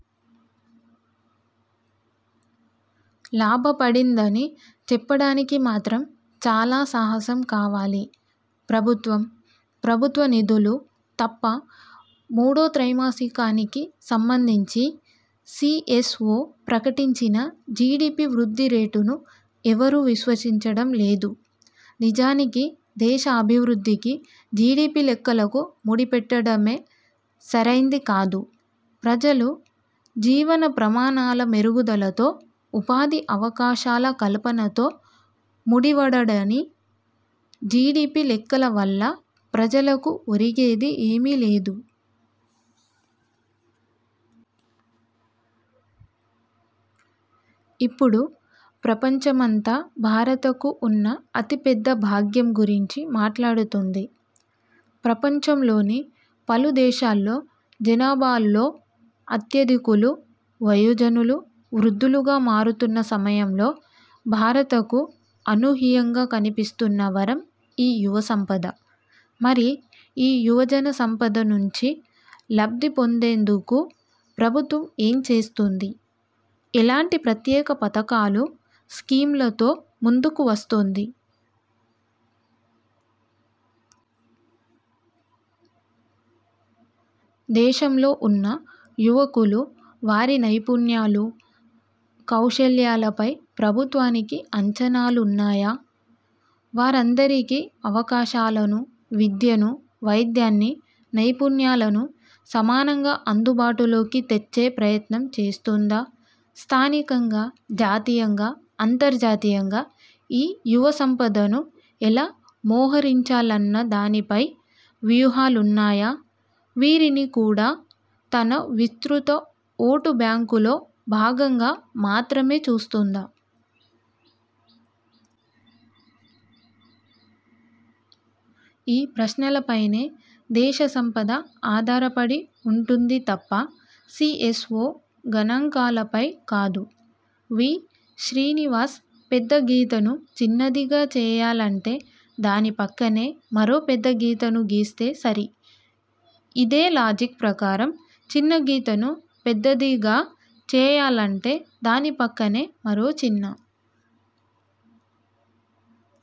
లాభపడిందని చెప్పడానికి మాత్రం చాలా సాహసం కావాలి. ప్రభుత్వం, ప్రభుత్వనిధులు తప్ప మూడో త్రైమాసికానికి సంబంధించి సిఎస్ఒ ప్రకటించిన జిడిపి వృద్ధి రేటును ఎవరూ విశ్వసించడం లేదు. నిజానికి దేశాభివృద్ధికి, జిడిపి లెక్కలకు ముడిపెట్టడమే సరైంది కాదు. ప్రజల జీవన ప్రమాణాల మెరుగుదలతో, ఉపాధి అవకాశాల కల్పనతో ముడివడడని జిడిపి లెక్కల వల్ల ప్రజలకు ఒరిగేది ఏమీలేదు. ఇపుడు ప్రపంచమంతా భారతకు ఉన్న అతిపెద్ద ''భాగ్యం'' గురించి మాట్లాడుతోంది. ప్రపంచంలోని పలు దేశాల్లో జనాభాలో అత్యధికులు వయోజనులు, వృద్ధులుగా మారుతున్న సమయంలో భారతకు అనూహ్యంగా కలిసివస్తున్న వరం ఈ యువసంపద. మరి ఈ యువజన సంపద నుంచి లబ్దిపొందేందుకు ప్రభుత్వం ఏం చేస్తోంది. ఎలాంటీ ప్రత్యేక పథకాలు, స్కీమ్లతో ముందుకు వస్తోంది? దేశంలో ఉన్న యువకులు వారి నైపుణ్యాలు, కౌశల్యాలపై ప్రభుత్వానికి అంచనాలున్నాయా? వారందరికీ అవకాశాలను, విద్యను, వైద్యాన్ని, నైపుణ్యాలను సమానంగా అందుబాటులోకి తెచ్చే ప్రయత్నం చేస్తోందా? స్థానికంగా, జాతీయంగా, అంతర్జాతీయంగా ఈ యువసంపదను ఎలా మొహరించాలన్న దానిపై వ్యూహాలున్నాయా? వీరిని కూడా తన విస్తృత ఓటు బ్యాంకులో భాగంగా మాత్రమే చూస్తోందా? ఈ ప్రశ్నలపైనే దేశ సంపద ఆధార పడి ఉంటుంది తప్ప.. సిఎస్ఒ గణాంకాలపై కాదు. వి. శ్రీనివాస్ పెద్ద గీతను చిన్నదిగా చేయాలంటే దాని పక్కనే మరో పెద్ద గీతను గీస్తే సరి. ఇదే లాజిక్ ప్రకారం చిన్నగీతను పెద్దదిగా చేయాలంటే దాని పక్కన మరో చిన్న